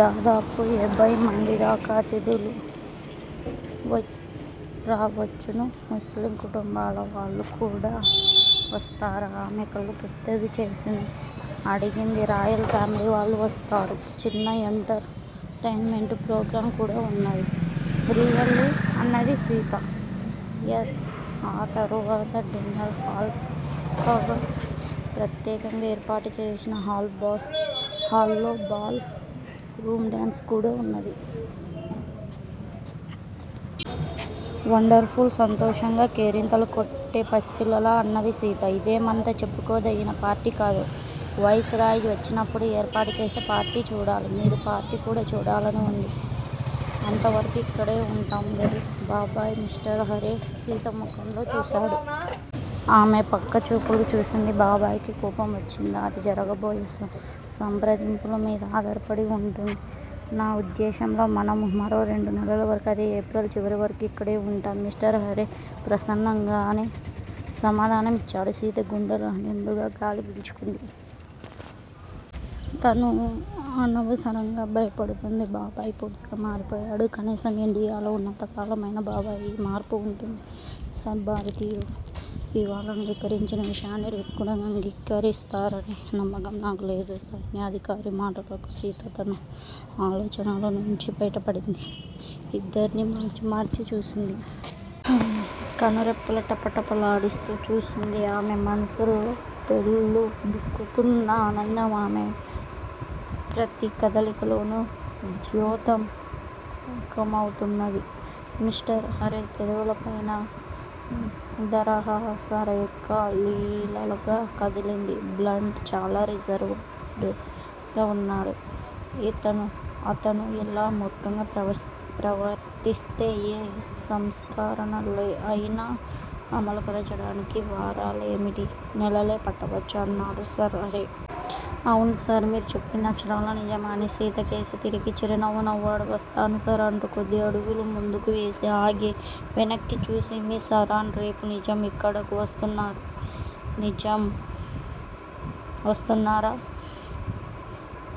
దాదాపు ఏభయ్ మంది దాకా అతిథులు రావచ్చును. ముస్లిం కుటుంబాల వాళ్ళు కూడా వస్తారా? ఆమె కళ్ళు పెద్దవి చేసింది అడిగింది. రాయల్ ఫామిలీ వాళ్ళు వస్తారు. చిన్న ఎంటర్ టైన్ మెంటు ప్రోగ్రాం కూడా వున్నది. రియల్లీ? అన్నది సీత. యస్. ఆ తర్వాత డిన్నర్ హాల్ పక్కగా ప్రత్యేకంగా ఏర్పాటుచేసిన హాల్లో బాల్ రూం డ్యాన్స్ కూడా వున్నది. Wonderful! సంతోషంగా కేరింతలు కొట్టే పసిపిల్లలా అన్నది సీత. ఇదేమంత చెప్పుకోదగిన పార్టీ కాదు. వైస్ రాయ్ వచ్చినప్పుడు ఏర్పాటు చేసే పార్టీ చూడాలి మీరు పార్టీ కూడా చూడాలని వుంది. అంతవరకూ ఇక్కడే వుంటాం గదూ బాబాయ్!. మిస్టర్ హారే సీతముఖంలోకి చూశాడు. ఆమె పక్క చూపులు చూసింది. బాబాయికి కోపం వచ్చిందా? అది జరగబోయే సంప్రదింపులు మీద ఆధారపడి వుంటుంది. నా వుద్దేశ్యంలో మనము మరో రెండు నెలల వరకు అదే ఏప్రిల్ చివరి వరకూ ఇక్కడే వుంటాం మిస్టర్ హారే ప్రసన్నంగానే సమాధానం ఇచ్చాడు. సీత గుండెల నిండుగా గాలి పీల్చుకుంది. తను అనవసరంగా భయపడుతోంది. బాబాయి పూర్తిగా మారిపోయాడు. కనీసం ఇండియాలో వున్నంతకాలం అయినా బాబాయిలో ఈ మార్పు వుంటుంది. సర్ భారతీయులు ఇవాళ అంగీకరించిన విషయాన్ని రేపు కూడా అంగీకరిస్తారనే నమ్మకం నాకు లేదు. సైన్యాధికారి మాటలకు సీత తన ఆలోచనల నుంచి బయటపడింది. ఇద్దర్నీ మార్చి మార్చి చూసింది. కనురెప్పలు టపటపలాడిస్తూ చూసింది. ఆమె మనసులో పెల్లుబికుతున్న ఆనందం ఆమె ప్రతికదలికలోనూ ద్యోతంకమౌతున్నది. మిస్టర్ హారే పెదవులపైన దరహాసరేఖ లీలనగా కదిలింది. బ్లంట్ చాలా రిజర్వ్ డ్ గా వున్నాడు. అతను ఇలా మూర్ఖంగా ప్రవర్తిస్తే ఏ సంస్కరణ అయినా అమలుపరచడానికి వారాలేమిటి, నెలలే పట్టవచ్చు అన్నాడు సర్ హారే. అవును సర్ మీరు చెప్పింది అక్షరాలా నిజం. అని సీతకేసి తిరిగి చిరునవ్వు నవ్వాడు. వస్తాను సర్ అంటూ కొద్ది అడుగులు ముందుకు వేసి ఆగి వెనక్కి చూసి, మిస్ ఆరాన్ రేపు నిజాం ఇక్కడకు వస్తున్నారు. నిజాం వస్తున్నారా?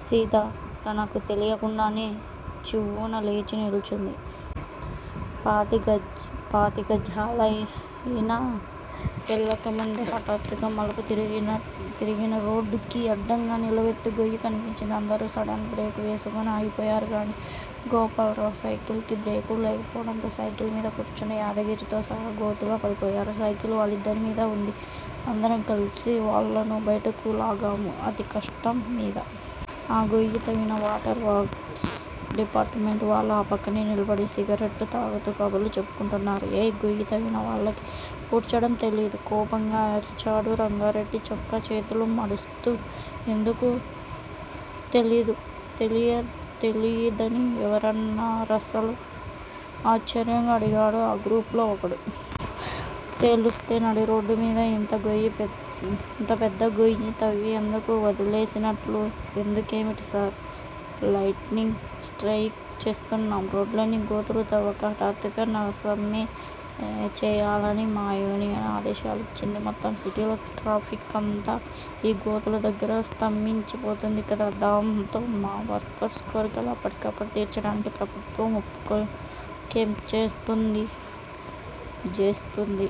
సీత తనకు తెలియకుండానే చివ్వున లేచి నిల్చుంది. పాతిగ్గజాలయినా వెళ్ళకముందే హఠాత్తుగా మలుపు తిరిగిన రోడ్డుకి అడ్డంగా నిలువెత్తు గొయ్యి కనిపించింది. అందరూ సడన్ బ్రేకు వేసుకుని ఆగిపోయారు గానీ- గోపాల్రావ్ సైకిల్ కి బ్రేకులు లేకపోవడంతో సైకిల్ మీద కూర్చున్న యాదగిరితో సహా గోతిలో పడిపోయారు. సైకిల్ వాళ్ళిద్దరిమీదా ఉంది. అందరం కలిసి వాళ్ళను బయటకు లాగాము అతికష్టం మీద. ఆ గొయ్యి తవ్విన వాటర్ వర్క్స్ డిపార్టుమెంట్ వాళ్ళు ఆ పక్కనే నిలబడి సిగరెట్టు తాగుతూ కబుర్లు చెప్పుకుంటున్నారు. ఏయ్! గొయ్యి తవ్వినవాళ్ళకి పూడ్చడం తెలీదూ? కోపంగా అరిచాడు రంగారెడ్డి చొక్కా చేతులు మడుస్తూ. ఎందుకు తెలీదు? తెలీదని ఎవరన్నారసలు? ఆశ్చర్యంగా అడిగాడు ఆ గ్రూప్ లో ఒకడు. తెలుస్తే నడిరోడ్డు మీద ఇంత పెద్ద గొయ్యి తవ్వి ఎందుకు వదిలేసినట్లు? ఎందుకేమిటి సార్? లైట్నింగ్ స్ట్రయిక్ చేస్తున్నాం. రోడ్లన్నీ గోతులు తవ్వాక హఠాత్తుగా సమ్మె చేయాలని మా యూనియన్ ఆదేశాలిచ్చింది. మొత్తం సిటీలో ట్రాఫిక్కంతా ఈ గోతుల దగ్గర స్తంభించి పోతుంది కదా! దాంతో మా వర్కర్స్ కోర్కెలు అప్పటికప్పుడు తీర్చడానికి ప్రభుత్వం ఒప్పుకోకేం జేస్తుంది?